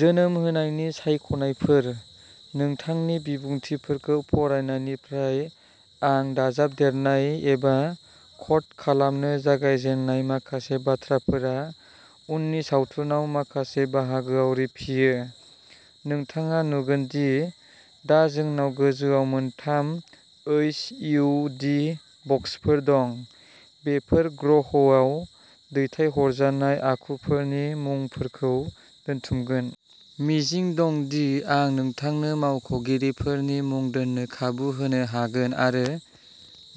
जोनोम होनायनि सायख'नायफोर। नोंथांनि बिबुंथिफोरखौ फरायनायनिफ्राय आं दाजाबदेरनाय एबा क'ड खालामनो जागायजेन्नाय माखासे बाथ्राफोरा उननि सावथुनाव माखासे बाहागोआव रिफियो। नोंथाङा नुगोन दि दा जोंनाव गोजौआव मोनथाम ओइस इउ दि बक्सफोर दं। बेफोर ग्रहआव दैथायहरजानाय आखुफोरनि मुंफोरखौ दोनथुमगोन। मिजिं दं दि आं नोंथांनो मावख'गिरिफोरनि मुं दोन्नो खाबु होनो हागोन आरो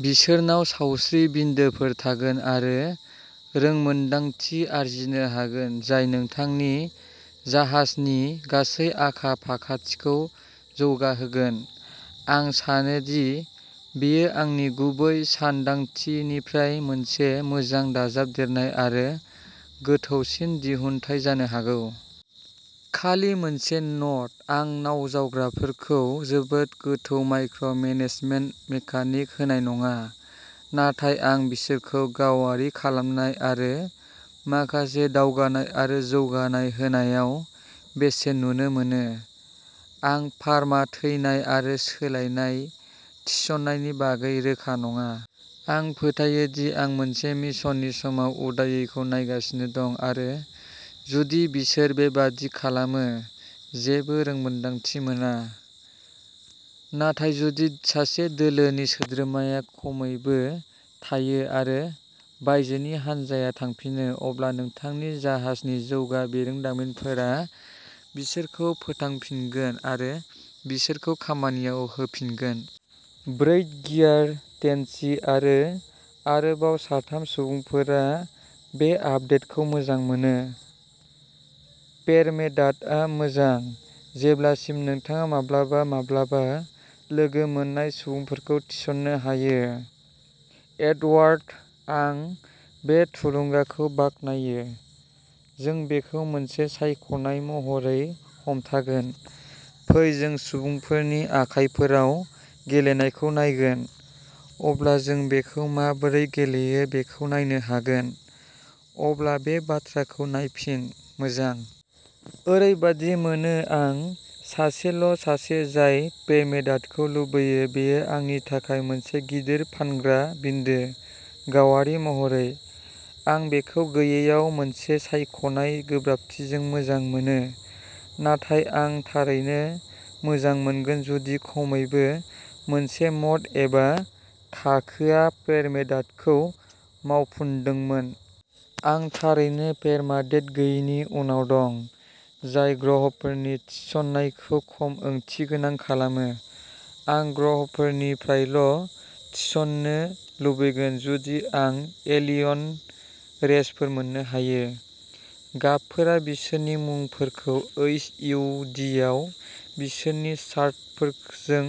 बिसोरनाव सावस्रि बिन्दोफोर थागोन आरो रोंमोनदांथि आरजिनो हागोन जाय नोंथांनि जाहाजनि गासै आखा फाखाथिखौ जौगाहोगोन। आं सानोदि बेयो आंनि गुबै सानदांथिनिफ्राय मोनसे मोजां दाजाबदेरनाय आरो गोथौसिन दिहुनथाय जानो हागौ। खालि मोनसे न'ट आं नावजावग्राफोरखौ जोबोद गोथौ माइक्र' मेनेजमेन्ट मेकानिक होनाय नङा। नाथाय आं बिसोरखौ गावारि खालामनाय आरो माखासे दावगानाय आरो जौगानाय होनायाव बेसेन नुनो मोनो। आं पारमा थैनाय आरो सोलायनाय थिसननायनि बागै रोखा नङा। आं फोथायो दि आं मोनसे मिशननि समाव उदायैखौ नायगासिनो दं आरो जुदि बिसोर बेबादि खालामो। जेबो रोंमोन्दांथि मोना। नाथाय जुदि सासे दोलोनि सोद्रोमाया खमैबो थायो आरो बायजोनि हान्जाया थांफिनो, अब्ला नोंथांनि जाहाजनि जौगा बिरोंदामिनफोरा बिसोरखौ फोथांफिनगोन आरो बिसोरखौ खामानियाव होफिनगोन। ब्रैड ग्रियार, टेनसि, आरो आरोबाव साथाम सुबुंफोरा बे आपदेटखौ मोजां मोनो। पेरमेडाथआ मोजां, जेब्लासिम नोंथाङा माब्लाबा माब्लाबा लोगो मोन्नाय सुबुंफोरखौ थिसननो हायो। एडवार्ड, आं बे थुलुंगाखौ बाख्नायो, जों बेखौ मोनसे सायख'नाय महरै हमथागोन, फै जों सुबुंफोरनि आखायफोराव गेलेनायखौ नायगोन, अब्ला जों बेखौ माबोरै गेलेयो बेखौ नायनो हागोन, अब्ला बे बाथ्राखौ नायफिन, मोजां? ओरैबादि मोनो आं सासेल' सासे जाय पेरमेडाथखौ लुबैयो बेयो आंनि थाखाय मोनसे गिदिर फानग्रा बिन्दो, गावारि महरै। आं बेखौ गैयैयाव मोनसे सायख'नाय गोब्राबथिजों मोजां मोनो, नाथाय आं थारैनो मोजां मोनगोन जुदि खमैबो मोनसे म'ड एबा थाखोआ पेरमेडाथखौ मावफुन्दोंमोन। आं थारैनो पेरमाडेथ गैयिनि उनाव दं, जाय ग्रहफोरनिफ्राय थिसननायखौ खम ओंथिगोनां खालामो। आं ग्रहफोरनिफ्रायल' थिसननो लुबैगोन जुदि आं एलियन रेसफोर मोन्नो हायो। गाबफोरा बिसोरनि मुंफोरखौ ओइस इउ दिआव बिसोरनि शार्टफोरजों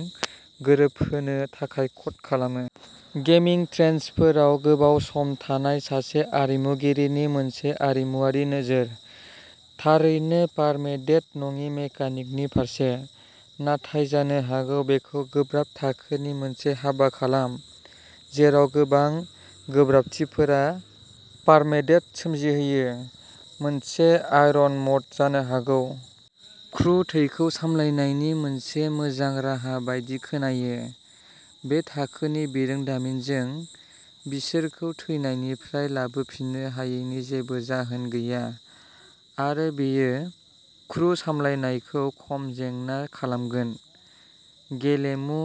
गोरोबहोनो थाखाय क'ड खालामो। गेमिं ट्रेन्चफोराव गोबाव सम थानाय सासे आरिमुगिरिनि मोनसे आरिमुआरि नोजोर। थारैनो पारमेडेथ नङि मेकानिकनि फारसे। नाथाय जानो हागौ बेखौ गोब्राब थाखोनि मोनसे हाबा खालाम, जेराव गोबां गोब्राबथिफोरा पारमेडेथ सोमजिहोयो, मोनसे आयरनम'ड जानो हागौ? क्रु थैखौ सामलायनायनि मोनसे मोजां राहा बायदि खोनायो। बे थाखोनि बिरोंदामिनजों बिसोरखौ थैनायनिफ्राय लाबोफिननो हायैनि जेबो जाहोन गैया, आरो बेयो क्रु सामलायनायखौ खम जेंना खालामगोन। गेलेमु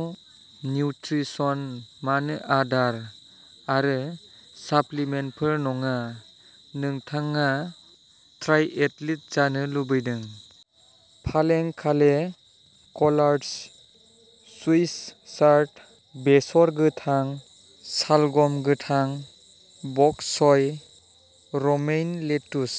निउट्रिसन मानो आदार आरो साप्लिमेन्टफोर नङा? नोंथाङा ट्रायएथलिट जानो लुबैदों? पालें काले, कलार्ड्स, स्विस चार्ड, बेसर गोथां, सालगम गोथां, बक च'य, र'मेइन लेतुस।